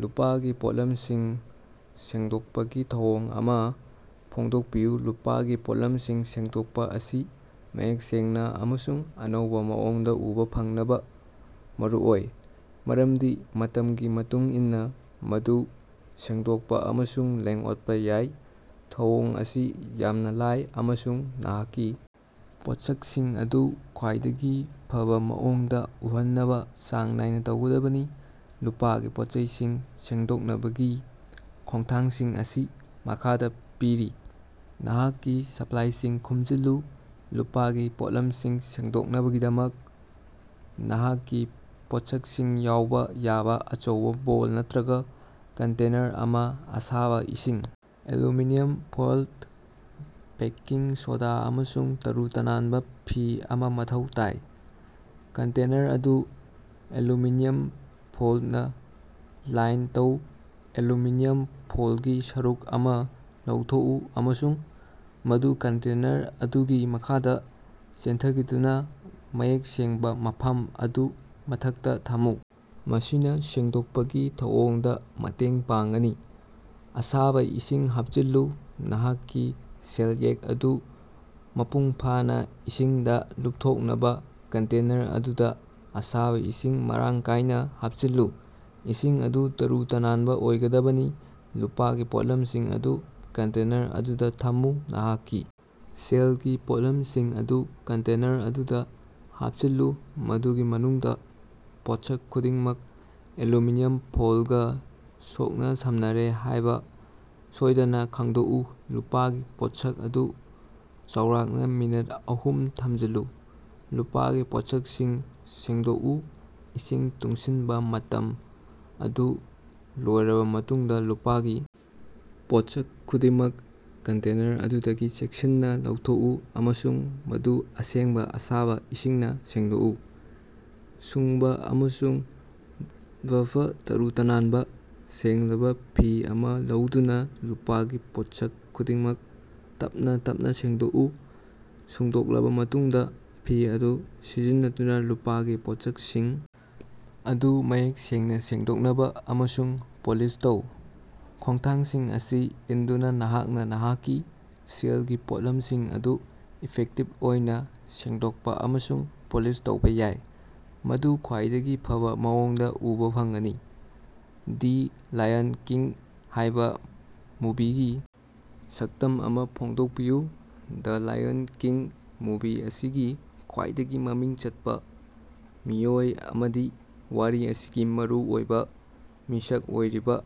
ꯂꯨꯄꯥꯒꯤ ꯄꯣꯠꯂꯝꯁꯤꯡ ꯁꯦꯡꯗꯣꯛꯄꯒꯤ ꯊꯧꯑꯣꯡ ꯑꯃꯥ ꯐꯣꯡꯗꯣꯛꯄꯤꯌꯨ꯫ ꯂꯨꯄꯥꯒꯤ ꯄꯣꯠꯂꯝꯁꯤꯡ ꯁꯦꯡꯗꯣꯛꯄ ꯑꯁꯤ ꯃꯌꯦꯛ ꯁꯦꯡꯅ ꯑꯃꯁꯨꯡ ꯑꯅꯧꯕ ꯃꯑꯣꯡꯗ ꯎꯕ ꯐꯪꯅꯕ ꯃꯔꯨꯑꯣꯏ, ꯃꯔꯝꯗꯤ ꯃꯇꯝꯒꯤ ꯃꯇꯨꯡ ꯏꯟꯅ ꯃꯗꯨ ꯁꯦꯡꯗꯣꯛꯄ ꯑꯃꯁꯨꯡ ꯂꯦꯡ-ꯑꯣꯠꯄ ꯌꯥꯏ꯫ ꯊꯧꯑꯣꯡ ꯑꯁꯤ ꯌꯥꯝꯅ ꯂꯥꯏ ꯑꯃꯁꯨꯡ ꯅꯍꯥꯛꯀꯤ ꯄꯣꯠꯁꯛꯁꯤꯡ ꯑꯗꯨ ꯈ꯭ꯋꯥꯏꯗꯒꯤ ꯐꯕ ꯃꯑꯣꯡꯗ ꯎꯍꯟꯅꯕ ꯆꯥꯡ ꯅꯥꯏꯅ ꯇꯧꯒꯗꯕꯅꯤ꯫ ꯂꯨꯄꯥꯒꯤ ꯄꯣꯠꯆꯩꯁꯤꯡ ꯁꯦꯡꯗꯣꯛꯅꯕꯒꯤ ꯈꯣꯡꯊꯥꯡꯁꯤꯡ ꯑꯁꯤ ꯃꯈꯥꯗ ꯄꯤꯔꯤ: ꯅꯍꯥꯛꯀꯤ ꯁꯄ꯭ꯂꯥꯏꯁꯤꯡ ꯈꯣꯝꯖꯤꯜꯂꯨ: ꯂꯨꯄꯥꯒꯤ ꯄꯣꯠꯂꯝꯁꯤꯡ ꯁꯦꯡꯗꯣꯛꯅꯕꯒꯤꯗꯃꯛ ꯅꯍꯥꯛꯀꯤ ꯄꯣꯠꯁꯛꯁꯤꯡ ꯌꯥꯎꯕ ꯌꯥꯕ ꯑꯆꯧꯕ ꯕꯣꯜ ꯅꯠꯇ꯭ꯔꯒ ꯀꯟꯇꯦꯅꯔ ꯑꯃ, ꯑꯁꯥꯕ ꯏꯁꯤꯡ, ꯑꯦꯂꯨꯃꯤꯅꯤꯌꯝ ꯐꯣꯏꯜ, ꯕꯦꯀꯤꯡ ꯁꯣꯗꯥ ꯑꯃꯁꯨꯡ ꯇꯔꯨ-ꯇꯅꯥꯟꯕ ꯐꯤ ꯑꯃ ꯃꯊꯧ ꯇꯥꯏ꯫ ꯀꯟꯇꯦꯅꯔ ꯑꯗꯨ ꯑꯦꯂꯨꯃꯤꯅꯤꯌꯝ ꯐꯣꯏꯜꯅ ꯂꯥꯏꯟ ꯇꯧ: ꯑꯦꯂꯨꯃꯤꯅꯤꯌꯝ ꯐꯣꯏꯜꯒꯤ ꯁꯔꯨꯛ ꯑꯃ ꯂꯧꯊꯣꯛꯎ ꯑꯃꯁꯨꯡ ꯃꯗꯨ ꯀꯟꯇꯦꯅꯔ ꯑꯗꯨꯒꯤ ꯃꯈꯥꯗ ꯆꯦꯟꯊꯈꯤꯗꯨꯅ ꯃꯌꯦꯛ ꯁꯦꯡꯕ ꯃꯐꯝ ꯑꯗꯨ ꯃꯊꯛꯇ ꯊꯝꯃꯨ꯫ ꯃꯁꯤꯅ ꯁꯦꯡꯗꯣꯛꯄꯒꯤ ꯊꯧꯑꯣꯡꯗ ꯃꯇꯦꯡ ꯄꯥꯡꯒꯅꯤ꯫ ꯑꯁꯥꯕ ꯏꯁꯤꯡ ꯍꯥꯞꯆꯤꯜꯂꯨ: ꯅꯍꯥꯛꯀꯤ ꯁꯦꯜꯌꯦꯛ ꯑꯗꯨ ꯃꯄꯨꯡꯐꯥꯅ ꯏꯁꯤꯡꯗ ꯂꯨꯞꯊꯣꯛꯅꯕ ꯀꯟꯇꯦꯅꯔ ꯑꯗꯨꯗ ꯑꯁꯥꯕ ꯏꯁꯤꯡ ꯃꯔꯥꯡ ꯀꯥꯏꯅ ꯍꯥꯞꯆꯤꯜꯂꯨ꯫ ꯏꯁꯤꯡ ꯑꯗꯨ ꯇꯔꯨ-ꯇꯅꯥꯟꯕ ꯑꯣꯏꯒꯗꯕꯅꯤ ꯫ ꯂꯨꯄꯥꯒꯤ ꯄꯣꯠꯂꯝꯁꯤꯡ ꯑꯗꯨ ꯀꯟꯇꯦꯅꯔ ꯑꯗꯨꯗ ꯊꯝꯃꯨ: ꯅꯍꯥꯛꯀꯤ ꯁꯦꯜꯒꯤ ꯄꯣꯠꯂꯝꯁꯤꯡ ꯑꯗꯨ ꯀꯟꯇꯦꯅꯔ ꯑꯗꯨꯗ ꯍꯥꯞꯆꯤꯜꯂꯨ, ꯃꯗꯨꯒꯤ ꯃꯅꯨꯡꯗ ꯄꯣꯠꯁꯛ ꯈꯨꯗꯤꯡꯃꯛ ꯑꯦꯂꯨꯃꯤꯅꯤꯌꯝ ꯐꯣꯏꯜꯒ ꯁꯣꯛꯅ-ꯁꯝꯅꯔꯦ ꯍꯥꯏꯕ ꯁꯣꯏꯗꯅ ꯈꯪꯗꯣꯛꯎ꯫ ꯂꯨꯄꯥꯒꯤ ꯄꯣꯠꯁꯛ ꯑꯗꯨ ꯆꯥꯎꯔꯥꯛꯅ ꯃꯤꯅꯠ ꯑꯍꯨꯝ ꯊꯝꯖꯤꯜꯂꯨ꯫ ꯂꯨꯄꯥꯒꯤ ꯄꯣꯠꯁꯛꯁꯤꯡ ꯁꯦꯡꯗꯣꯛꯎ: ꯏꯁꯤꯡ ꯇꯨꯡꯁꯤꯟꯕ ꯃꯇꯝ ꯑꯗꯨ ꯂꯣꯏꯔꯕ ꯃꯇꯨꯡꯗ ꯂꯨꯄꯥꯒꯤ ꯄꯣꯠꯁꯛ ꯈꯨꯗꯤꯡꯃꯛ ꯀꯟꯇꯦꯅꯔ ꯑꯗꯨꯗꯒꯤ ꯆꯦꯛꯁꯤꯟꯅ ꯂꯧꯊꯣꯛꯎ ꯑꯃꯁꯨꯡ ꯃꯗꯨ ꯑꯁꯦꯡꯕ ꯑꯁꯥꯕ ꯏꯁꯤꯡꯅ ꯁꯦꯡꯗꯣꯛꯎ꯫ ꯁꯨꯡꯕ ꯑꯃꯁꯨꯡ ꯕꯐ: ꯇꯔꯨ-ꯇꯅꯥꯟꯕ, ꯁꯦꯡꯂꯕꯥ ꯐꯤ ꯑꯃ ꯂꯧꯗꯨꯅ ꯂꯨꯄꯥꯒꯤ ꯄꯣꯠꯁꯛ ꯈꯨꯗꯤꯡꯃꯛ ꯇꯞꯅ ꯇꯞꯅ ꯁꯨꯡꯗꯣꯛꯎ꯫ ꯁꯨꯡꯗꯣꯛꯂꯕ ꯃꯇꯨꯡꯗ ꯐꯤ ꯑꯗꯨ ꯁꯤꯖꯤꯟꯅꯗꯨꯅ ꯂꯨꯄꯥꯒꯤ ꯄꯣꯠꯁꯛꯁꯤꯡ ꯑꯗꯨ ꯃꯌꯦꯛ ꯁꯦꯡꯅ ꯁꯦꯡꯗꯣꯛꯅꯕ ꯑꯃꯁꯨꯡ ꯄꯣꯂꯤꯁ ꯇꯧ꯫ ꯈꯣꯡꯊꯥꯡꯁꯤꯡ ꯑꯁꯤ ꯏꯟꯗꯨꯅ ꯅꯍꯥꯛꯅ ꯅꯍꯥꯛꯀꯤ ꯁꯦꯜꯒꯤ ꯄꯣꯠꯂꯝꯁꯤꯡ ꯑꯗꯨ ꯏꯐꯦꯛꯇꯤꯚ ꯑꯣꯏꯅ ꯁꯦꯡꯗꯣꯛꯄ ꯑꯃꯁꯨꯡ ꯄꯣꯂꯤꯁ ꯇꯧꯕ ꯌꯥꯏ꯫ ꯃꯗꯨ ꯈ꯭ꯋꯥꯏꯗꯒꯤ ꯐꯕ ꯃꯑꯣꯡꯗ ꯎꯕ ꯐꯪꯒꯅꯤ꯫ "ꯗꯤ ꯂꯥꯌꯟ ꯀꯤꯡ" ꯍꯥꯏꯕ ꯃꯨꯚꯤꯒꯤ ꯁꯛꯇꯝ ꯑꯃ ꯐꯣꯡꯗꯣꯛꯄꯤꯌꯨ꯫ ꯗ ꯂꯥꯌꯟ ꯀꯤꯡ ꯃꯨꯚꯤ ꯑꯁꯤꯒꯤ ꯈ꯭ꯋꯥꯏꯗꯒꯤ ꯃꯃꯤꯡ ꯆꯠꯄ ꯃꯤꯑꯣꯏ ꯑꯃꯗꯤ ꯋꯥꯔꯤ ꯑꯁꯤꯒꯤ ꯃꯔꯨ ꯑꯣꯏꯕ ꯃꯤꯁꯛ ꯑꯣꯏꯔꯤꯕ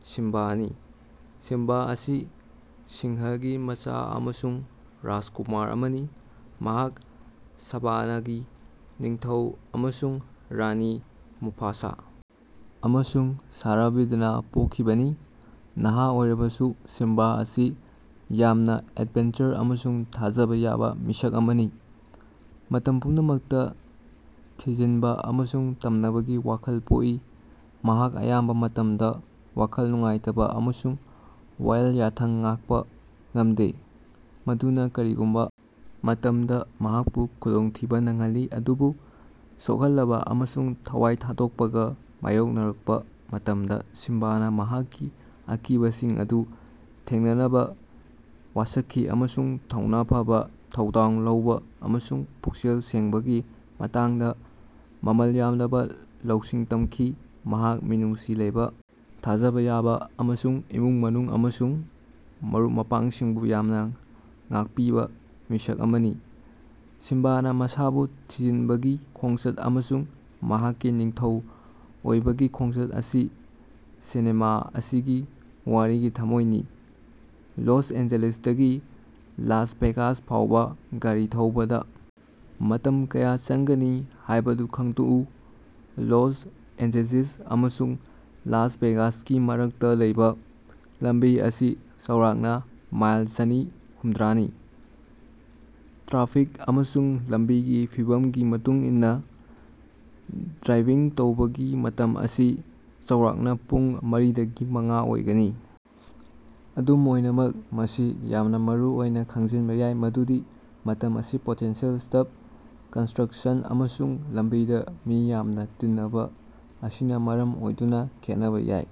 ꯁꯤꯝꯕꯥꯅꯤ꯫ ꯁꯤꯝꯕꯥ ꯑꯁꯤ ꯁꯤꯡꯍꯒꯤ ꯃꯆꯥ ꯑꯃꯁꯨꯡ ꯔꯥꯖꯀꯨꯃꯥꯔ ꯑꯃꯅꯤ꯫ ꯃꯍꯥꯛ ꯁꯥꯚꯥꯅꯥꯒꯤ ꯅꯤꯡꯊꯧ ꯑꯃꯁꯨꯡ ꯔꯥꯅꯤ, ꯃꯨꯐꯥꯁꯥ ꯑꯃꯁꯨꯡ ꯁꯥꯔꯥꯕꯤꯗꯅ ꯄꯣꯛꯈꯤꯕꯅꯤ꯫ ꯅꯍꯥ ꯑꯣꯏꯔꯕꯁꯨ, ꯁꯤꯝꯕꯥ ꯑꯁꯤ ꯌꯥꯝꯅ ꯑꯦꯗꯚꯦꯟꯆꯔ ꯑꯃꯁꯨꯡ ꯊꯥꯖꯕ ꯌꯥꯕ ꯃꯤꯁꯛ ꯑꯃꯅꯤ꯫ ꯃꯇꯝ ꯄꯨꯝꯅꯃꯛꯇ ꯊꯤꯖꯤꯟꯕ ꯑꯃꯁꯨꯡ ꯇꯝꯅꯕꯒꯤ ꯋꯥꯈꯜ ꯄꯣꯛꯏ꯫ ꯃꯍꯥꯛ ꯑꯌꯥꯝꯕ ꯃꯇꯃꯗ ꯋꯥꯈꯜ ꯅꯨꯡꯉꯥꯏꯇꯕ ꯑꯃꯁꯨꯡ ꯋꯥꯌꯦꯜ ꯌꯥꯊꯪ ꯉꯥꯛꯄ ꯉꯝꯗꯦ꯫ ꯃꯗꯨꯅ ꯀꯔꯤꯒꯨꯝꯕ ꯃꯇꯝꯗ ꯃꯍꯥꯛꯄꯨ ꯈꯨꯗꯣꯡꯊꯤꯕ ꯅꯪꯍꯜꯂꯤ꯫ ꯑꯗꯨꯕꯨ ꯁꯣꯛꯍꯜꯂꯕ ꯑꯃꯁꯨꯡ ꯊꯋꯥꯏ ꯊꯥꯗꯣꯛꯄꯒ ꯃꯥꯌꯣꯛꯅꯔꯛꯄ ꯃꯇꯝꯗ ꯁꯤꯝꯕꯥꯅ ꯃꯍꯥꯛꯀꯤ ꯑꯀꯤꯕꯁꯤꯡ ꯑꯗꯨ ꯊꯦꯡꯅꯅꯕ ꯋꯥꯁꯛꯈꯤ ꯑꯃꯁꯨꯡ ꯊꯧꯅꯥ ꯐꯕ, ꯊꯧꯗꯥꯡ ꯂꯧꯕ ꯑꯃꯁꯨꯡ ꯄꯨꯛꯆꯦꯜ ꯁꯦꯡꯕꯒꯤ ꯃꯇꯥꯡꯗ ꯃꯃꯜ ꯌꯥꯝꯂꯕ ꯂꯧꯁꯤꯡ ꯇꯝꯈꯤ꯫ ꯃꯍꯥꯛ ꯃꯤꯅꯨꯡꯁꯤ ꯂꯩꯕ, ꯊꯥꯖꯕ ꯌꯥꯕ ꯑꯃꯁꯨꯡ ꯏꯃꯨꯡ ꯃꯅꯨꯡ ꯑꯃꯁꯨꯡ ꯃꯔꯨꯞ ꯃꯄꯥꯡꯁꯤꯡꯕꯨ ꯌꯥꯝꯅ ꯉꯥꯛꯄꯤꯕ ꯃꯤꯁꯛ ꯑꯃꯅꯤ꯫ ꯁꯤꯝꯕꯥꯅ ꯃꯁꯥꯕꯨ ꯊꯤꯖꯤꯟꯕꯒꯤ ꯈꯣꯡꯆꯠ ꯑꯃꯁꯨꯡ ꯃꯍꯥꯛꯀꯤ ꯅꯤꯡꯊꯧ ꯑꯣꯏꯕꯒꯤ ꯈꯣꯡꯆꯠ ꯑꯁꯤ ꯁꯤꯅꯦꯃꯥ ꯑꯁꯤꯒꯤ ꯋꯥꯔꯤꯒꯤ ꯊꯃꯣꯏꯅꯤ꯫ ꯂꯣꯁ ꯑꯦꯟꯖꯦꯂꯦꯁꯇꯒꯤ ꯂꯥꯁ ꯚꯦꯒꯥꯁ ꯐꯥꯎꯕ ꯒꯥꯔꯤ ꯊꯧꯕꯗ ꯃꯇꯝ ꯀꯌꯥ ꯆꯪꯒꯅꯤ ꯍꯥꯌꯕꯗꯨ ꯈꯪꯗꯣꯛꯎ꯫ ꯂꯣꯁ ꯑꯦꯟꯖꯦꯖꯦꯁ ꯑꯃꯁꯨꯡ ꯂꯥꯁ ꯚꯦꯒꯥꯁꯀꯤ ꯃꯔꯛꯇ ꯂꯩꯕ ꯂꯝꯕꯤ ꯑꯁꯤ ꯆꯥꯎꯔꯥꯛꯅ ꯃꯥꯏꯜ ꯆꯅꯤ ꯍꯨꯝꯗ꯭ꯔꯥꯅꯤ꯫ ꯇ꯭ꯔꯥꯐꯤꯛ ꯑꯃꯁꯨꯡ ꯂꯝꯕꯤꯒꯤ ꯐꯤꯚꯝꯒꯤ ꯃꯇꯨꯡ ꯏꯟꯅ ꯗ꯭ꯔꯥꯏꯚꯤꯡ ꯇꯧꯕꯒꯤ ꯃꯇꯝ ꯑꯁꯤ ꯆꯥꯎꯔꯥꯛꯅ ꯄꯨꯡ ꯃꯔꯤꯗꯒꯤ ꯃꯉꯥ ꯑꯣꯏꯒꯅꯤ꯫ ꯑꯗꯨꯝ ꯑꯣꯏꯅꯃꯛ ꯃꯁꯤ ꯌꯥꯝꯅ ꯃꯔꯨꯑꯣꯏꯅ ꯈꯪꯖꯤꯟꯕ ꯌꯥꯏ ꯃꯗꯨꯗꯤ ꯃꯇꯝ ꯑꯁꯤ ꯄꯣꯇꯦꯟꯁꯤꯌꯦꯜ ꯁ꯭ꯇꯞ, ꯀꯟꯁꯇ꯭ꯔꯛꯁꯟ ꯑꯃꯁꯨꯡ ꯂꯝꯕꯤꯗ ꯃꯤ ꯌꯥꯝꯅ ꯇꯤꯟꯅꯕ ꯑꯁꯤꯅ ꯃꯔꯝ ꯑꯣꯏꯗꯨꯅ ꯈꯦꯠꯅꯕ ꯌꯥꯏ꯫